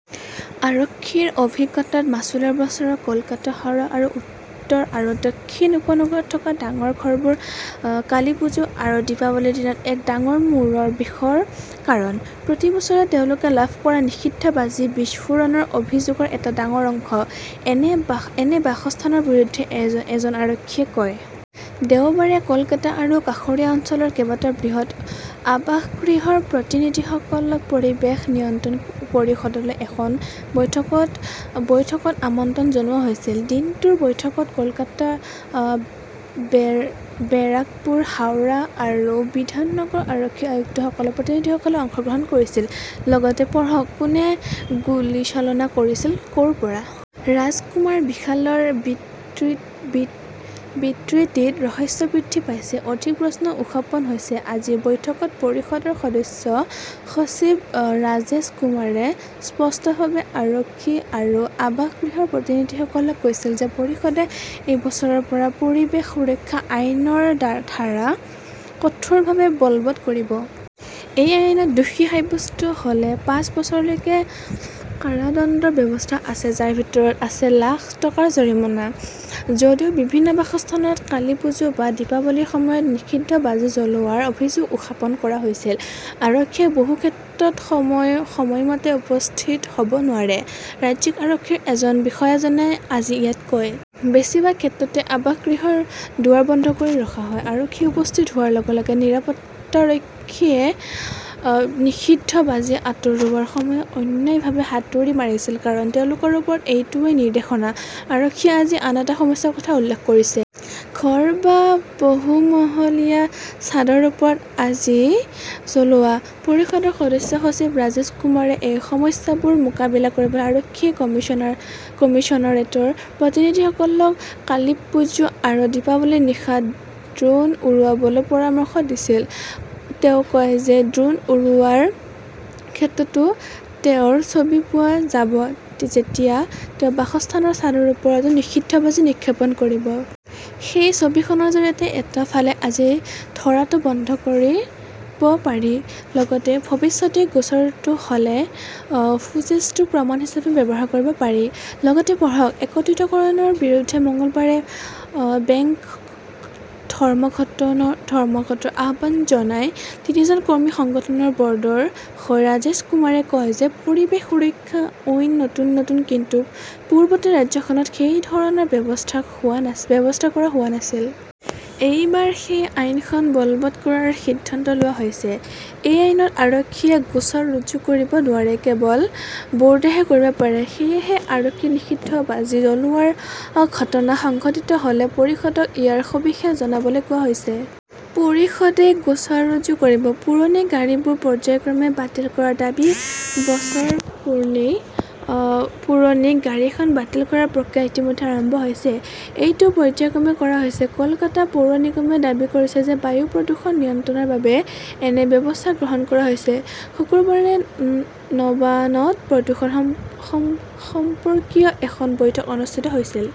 আৰক্ষীৰ অভিজ্ঞতাত, মাচুলৰ বছৰত, কলকাতা, হাওৰা আৰু উত্তৰ আৰু দক্ষিণ উপনগৰত থকা ডাঙৰ ঘৰবোৰ কালীপুজো আৰু দীপাৱলীৰ দিনত এক ডাঙৰ মূৰৰ বিষৰ কাৰণ। প্ৰতি বছৰে তেওঁলোকে লাভ কৰা নিষিদ্ধ বাজি বিস্ফোৰণৰ অভিযোগৰ এটা ডাঙৰ অংশ এনে বাস বাসস্থানৰ বিৰুদ্ধে, এজন আৰক্ষীয়ে কয়। দেওবাৰে কলকাতা আৰু কাষৰীয়া অঞ্চলৰ কেইবাটাও বৃহৎ আৱাসগৃহৰ প্ৰতিনিধিসকলক পৰিৱেশ নিয়ন্ত্ৰণ পৰিষদলৈ এখন বৈঠকত আমন্ত্ৰণ জনোৱা হৈছিল। দিনটোৰ বৈঠকত কলকাতা, বেৰাকপুৰ, হাওৰা আৰু বিধাননগৰ আৰক্ষী আয়ুক্তালয়ৰ প্ৰতিনিধিসকলেও অংশগ্ৰহণ কৰিছিল। লগতে পঢ়ক কোনে গুলীচালনা কৰিছিল, কৰ পৰা? ৰাজকুমাৰ বিশালৰ বিবৃতিত ৰহস্য বৃদ্ধি পাইছে, অধিক প্ৰশ্ন উত্থাপন হৈছে আজিৰ বৈঠকত পৰিষদৰ সদস্য সচিব ৰাজেশ কুমাৰে স্পষ্টভাৱে আৰক্ষী আৰু আৱাসগৃহৰ প্ৰতিনিধিসকলক কৈছিল যে পৰিষদে এই বছৰৰ পৰা পৰিৱেশ সুৰক্ষা আইন ৰ ধাৰা কঠোৰভাৱে বলৱৎ কৰিব। এই আইনত দোষী সাব্যস্ত হ'লে পাঁচ বছৰলৈকে কাৰাদণ্ডৰ ব্যৱস্থা আছে, যাৰ ভিতৰত আছে লাখ টকাৰ জৰিমনা। যদিও বিভিন্ন বাসস্থানত কালীপুজো বা দীপাৱলীৰ সময়ত নিষিদ্ধ বাজি জ্বলোৱাৰ অভিযোগ উত্থাপন কৰা হৈছিল, আৰক্ষীয়ে বহু ক্ষেত্ৰত সময়মতে উপস্থিত হ'ব নোৱাৰে, ৰাজ্যিক আৰক্ষীৰ এজন বিষয়াজনে আজি ইয়াত কয়। বেছিভাগ ক্ষেত্ৰতে আৱাসগৃহৰ দুৱাৰ বন্ধ কৰি ৰখা হয়। আৰক্ষী উপস্থিত হোৱাৰ লগে - লগে নিৰাপত্তাৰক্ষীয়ে নিষিদ্ধ বাজি আঁতৰোৱাৰ সময়ত অন্যায়ভাৱে হাতুৰি মাৰিছিল। কাৰণ তেওঁলোকৰ ওপৰত এইটোৱেই নিৰ্দেশনা। আৰক্ষীয়ে আজি আন এটা সমস্যাৰ কথা উল্লেখ কৰিছে। ঘৰ বা বহুমহলীয়া ছাদৰ ওপৰত বাজি জ্বলোৱা। পৰিষদৰ সদস্য সচিব ৰাজেশ কুমাৰে এই সমস্যাবোৰ মোকাবিলা কৰিবলৈ আৰক্ষী কমিছনাৰেটৰ প্ৰতিনিধিসকলক কালিপ্পুজো আৰু দীপাৱলীৰ নিশা ড্ৰোন উৰুৱাবলৈ পৰামৰ্শ দিছিল। তেওঁ কয় যে ড্ৰোন উৰোৱাৰ ক্ষেত্ৰতো তেওঁৰ ছবি পোৱা যাব যেতিয়া তেওঁ বাসস্থানৰ ছাদৰ ওপৰতো নিষিদ্ধ বাজি নিক্ষেপ কৰে। সেই ছবিখনৰ জৰিয়তে এটা ফালে বাজি ধৰাটো বন্ধ কৰিব পাৰি, লগতে ভৱিষ্যতে গোচৰটো হ'লে ফুটেজটো প্ৰমাণ হিচাপে ব্যৱহাৰ কৰিব পাৰি। লগতে পঢ়ক একত্ৰীকৰণৰ বিৰুদ্ধে মঙলবাৰে বেংক ধৰ্মঘটৰ আহ্বান জনাই তিনিজন কৰ্মী সংগঠনৰ বৰ্ডৰ হৈ ৰাজেশ কুমাৰে কয় যে পৰিৱেশ সুৰক্ষা আইন নতুন নহয় কিন্তু পূৰ্বতে ৰাজ্যখনত সেই ধৰণৰ ব্যৱস্থা কৰা হোৱা নাছিল। এইবাৰ সেই আইনখন বলৱৎ কৰাৰ সিদ্ধান্ত লোৱা হৈছে। এই আইনত আৰক্ষীয়ে গোচৰ ৰুজু কৰিব নোৱাৰে। কেৱল বৰ্ডেহে কৰিব পাৰে। সেয়েহে আৰক্ষীক নিষিদ্ধ বাজি জ্বলোৱাৰ ঘটনা সংঘটিত হ'লে পৰিষদক ইয়াৰ সবিশেষ জনাবলৈ কোৱা হৈছে। পৰিষদে গোচৰ ৰুজু কৰিব। পুৰণি গাড়ীবোৰ পৰ্য্যায়ক্ৰমে বাতিল কৰাৰ দাবী বছৰ পুৰণি গাড়ীখন বাতিল কৰাৰ প্ৰক্ৰিয়া ইতিমধ্যে আৰম্ভ হৈছে। এইটো পৰ্য্যায়ক্ৰমে কৰা হৈছে। কলকাতা পৌৰ নিগমে দাবী কৰিছে যে বায়ু প্ৰদূষণ নিয়ন্ত্ৰণৰ বাবে এনে ব্যৱস্থা গ্ৰহণ কৰা হৈছে। শুকুৰবাৰে নবানত প্ৰদূষণ সম্পৰ্কীয় এখন বৈঠক অনুষ্ঠিত হৈছিল।